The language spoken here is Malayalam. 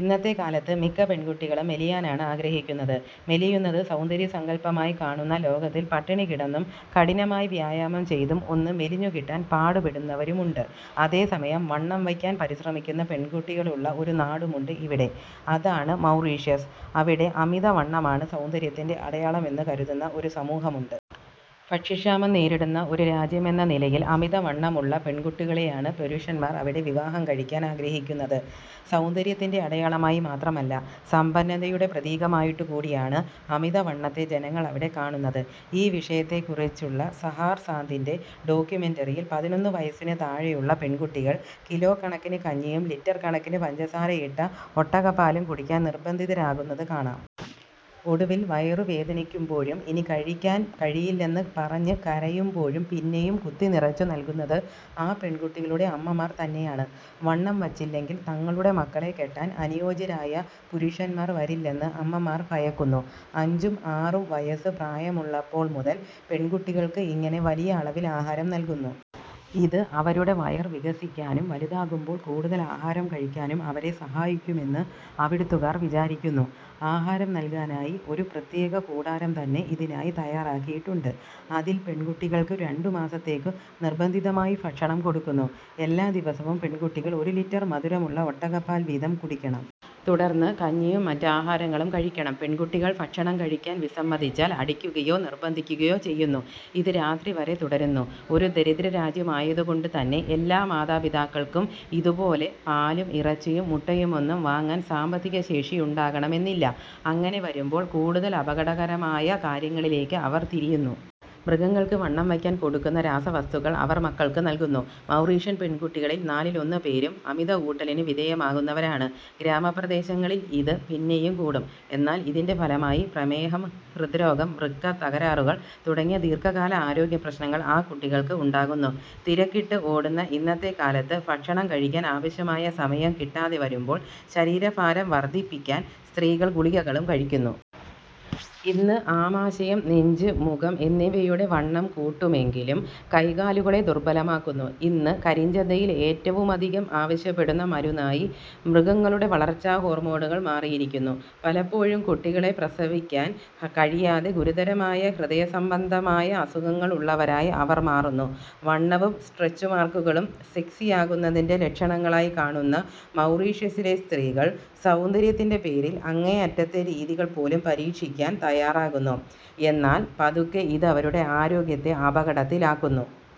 ഇന്നത്തെ കാലത്ത് മിക്ക പെൺകുട്ടികളും മെലിയാനാണ് ആഗ്രഹിക്കുന്നത്. മെലിയുന്നത് സൗന്ദര്യസങ്കല്പമായി കാണുന്ന ലോകത്തിൽ പട്ടിണി കിടന്നും കഠിനമായി വ്യായാമം ചെയ്തും ഒന്ന് മെലിഞ്ഞു കിട്ടാൻ പാടുപെടുന്നവരുമുണ്ട്. അതേസമയം വണ്ണം വയ്ക്കാൻ പരിശ്രമിക്കുന്ന പെൺകുട്ടികളുള്ള ഒരു നാടുമുണ്ട് ഇവിടെ. അതാണ് മൗറീഷ്യസ്. അവിടെ അമിതവണ്ണമാണ് സൗന്ദര്യത്തിൻ്റെ അടയാളമെന്ന് കരുതുന്ന ഒരു സമൂഹമുണ്ട്. ഭക്ഷ്യക്ഷാമം നേരിടുന്ന ഒരു രാജ്യമെന്ന നിലയിൽ അമിതവണ്ണമുള്ള പെൺകുട്ടികളെയാണ് പുരുഷന്മാർ അവിടെ വിവാഹം കഴിക്കാൻ ആഗ്രഹിക്കുന്നത്. സൗന്ദര്യത്തിൻ്റെ അടയാളമായി മാത്രമല്ല, സമ്പന്നതയുടെ പ്രതീകമായിട്ടുകൂടിയാണ് അമിതവണ്ണത്തെ ജനങ്ങൾ അവിടെ കാണുന്നത്.ഈ വിഷയത്തെക്കുറിച്ചുള്ള സഹാർ സാന്ദിൻ്റെ ഡോക്യുമെന്ററിയിൽ പതിനൊന്ന് വയസ്സിന് താഴെയുള്ള പെൺകുട്ടികൾ കിലോക്കണക്കിന് കഞ്ഞിയും ലിറ്റർ കണക്കിന് പഞ്ചസാരയിട്ട ഒട്ടകപ്പാലും കുടിക്കാൻ നിർബന്ധിതരാകുന്നത് കാണാം. ഒടുവിൽ വയറുവേദനിക്കുമ്പോഴും ഇനി കഴിക്കാൻ കഴിയില്ലെന്ന് പറഞ്ഞ് കരയുമ്പോഴും പിന്നെയും കുത്തിനിറച്ച് നൽകുന്നത് ആ പെൺകുട്ടികളുടെ അമ്മമാർ തന്നെയാണ്. വണ്ണം വച്ചില്ലെങ്കിൽ തങ്ങളുടെ മക്കളെ കെട്ടാൻ അനുയോജ്യരായ പുരുഷന്മാർ വരില്ലെന്ന് അമ്മമാർ ഭയക്കുന്നു. അഞ്ചും ആറും വയസ്സ് പ്രായമുള്ളപ്പോൾ മുതൽ പെൺകുട്ടികൾക്ക് ഇങ്ങനെ വലിയ അളവിൽ ആഹാരം നൽകുന്നു. ഇത് അവരുടെ വയർ വികസിക്കാനും വലുതാകുമ്പോൾ കൂടുതൽ ആഹാരം കഴിക്കാനും അവരെ സഹായിക്കുമെന്ന് അവിടുത്തുകാർ വിചാരിക്കുന്നു. ആഹാരം നൽകാനായി ഒരു പ്രത്യേക കൂടാരം തന്നെ ഇതിനായി തയ്യാറാക്കിയിട്ടുണ്ട്. അതിൽ പെൺകുട്ടികൾക്ക് രണ്ടുമാസത്തേക്ക് നിർബന്ധിതമായി ഭക്ഷണം കൊടുക്കുന്നു. എല്ലാ ദിവസവും പെൺകുട്ടികൾ ഒരു ലിറ്റർ മധുരമുള്ള ഒട്ടകപ്പാൽ വീതം കുടിക്കണം. തുടർന്ന് കഞ്ഞിയും മറ്റ് ആഹാരങ്ങളും കഴിക്കണം. പെൺകുട്ടികൾ ഭക്ഷണം കഴിക്കാൻ വിസമ്മതിച്ചാൽ അടിക്കുകയോ നിർബന്ധിക്കുകയോ ചെയ്യുന്നു. ഇത് രാത്രി വരെ തുടരുന്നു. ഒരു ദരിദ്രരാജ്യമായതുകൊണ്ടുതന്നെ എല്ലാ മാതാപിതാക്കൾക്കും ഇതുപോലെ പാലും ഇറച്ചിയും മുട്ടയുമൊന്നും വാങ്ങാൻ സാമ്പത്തിക ശേഷിയുണ്ടാകണമെന്നില്ല. അങ്ങനെ വരുമ്പോൾ കൂടുതൽ അപകടകരമായ കാര്യങ്ങളിലേയ്ക്ക് അവർ തിരിയുന്നു. മൃഗങ്ങൾക്ക് വണ്ണം വയ്ക്കാൻ കൊടുക്കുന്ന രാസവസ്തുക്കൾ അവർ മക്കൾക്ക് നൽകുന്നു. മൗറീഷ്യൻ പെൺകുട്ടികളിൽ നാലിലൊന്ന് പേരും അമിത ഊട്ടലിന് വിധേയമാകുന്നവരാണ്. ഗ്രാമപ്രദേശങ്ങളിൽ ഇത് പിന്നെയും കൂടും. എന്നാൽ ഇതിൻ്റെ ഫലമായി പ്രമേഹം, ഹൃദ്രോഗം, വൃക്ക തകരാറുകൾ തുടങ്ങിയ ദീർഘകാല ആരോഗ്യപ്രശ്നങ്ങൾ ആ കുട്ടികൾക്ക് ഉണ്ടാകുന്നു. തിരക്കിട്ട് ഓടുന്ന ഇന്നത്തെ കാലത്ത് ഭക്ഷണം കഴിക്കാൻ ആവശ്യമായ സമയം കിട്ടാതെ വരുമ്പോൾ ശരീരഭാരം വർദ്ധിപ്പിക്കാൻ സ്ത്രീകൾ ഗുളികകളും കഴിക്കുന്നു. ഇത് ആമാശയം, നെഞ്ച്, മുഖം എന്നിവയുടെ വണ്ണം കൂട്ടുമെങ്കിലും കൈകാലുകളെ ദുർബലമാക്കുന്നു. ഇന്ന് കരിഞ്ചന്തയിൽ ഏറ്റവുമധികം ആവശ്യപ്പെടുന്ന മരുന്നായി മൃഗങ്ങളുടെ വളർച്ചാ ഹോർമോണുകൾ മാറിയിരിക്കുന്നു. പലപ്പോഴും കുട്ടികളെ പ്രസവിക്കാൻ കഴിയാതെ ഗുരുതരമായ ഹൃദയസംബന്ധമായ അസുഖങ്ങളുള്ളവരായി അവർ മാറുന്നു. വണ്ണവും സ്ട്രെച്ച് മാർക്കുകളും സെക്സിയാകുന്നതിൻ്റെ ലക്ഷണങ്ങളായി കാണുന്ന മൗറീഷ്യസിലെ സ്ത്രീകൾ സൗന്ദര്യത്തിൻ്റെ പേരിൽ അങ്ങേയറ്റത്തെ രീതികൾ പോലും പരീക്ഷിക്കാൻ തയ്യാറാകുന്നു. എന്നാൽ പതുക്കെ ഇതവരുടെ ആരോഗ്യത്തെ അപകടത്തിലാക്കുന്നു.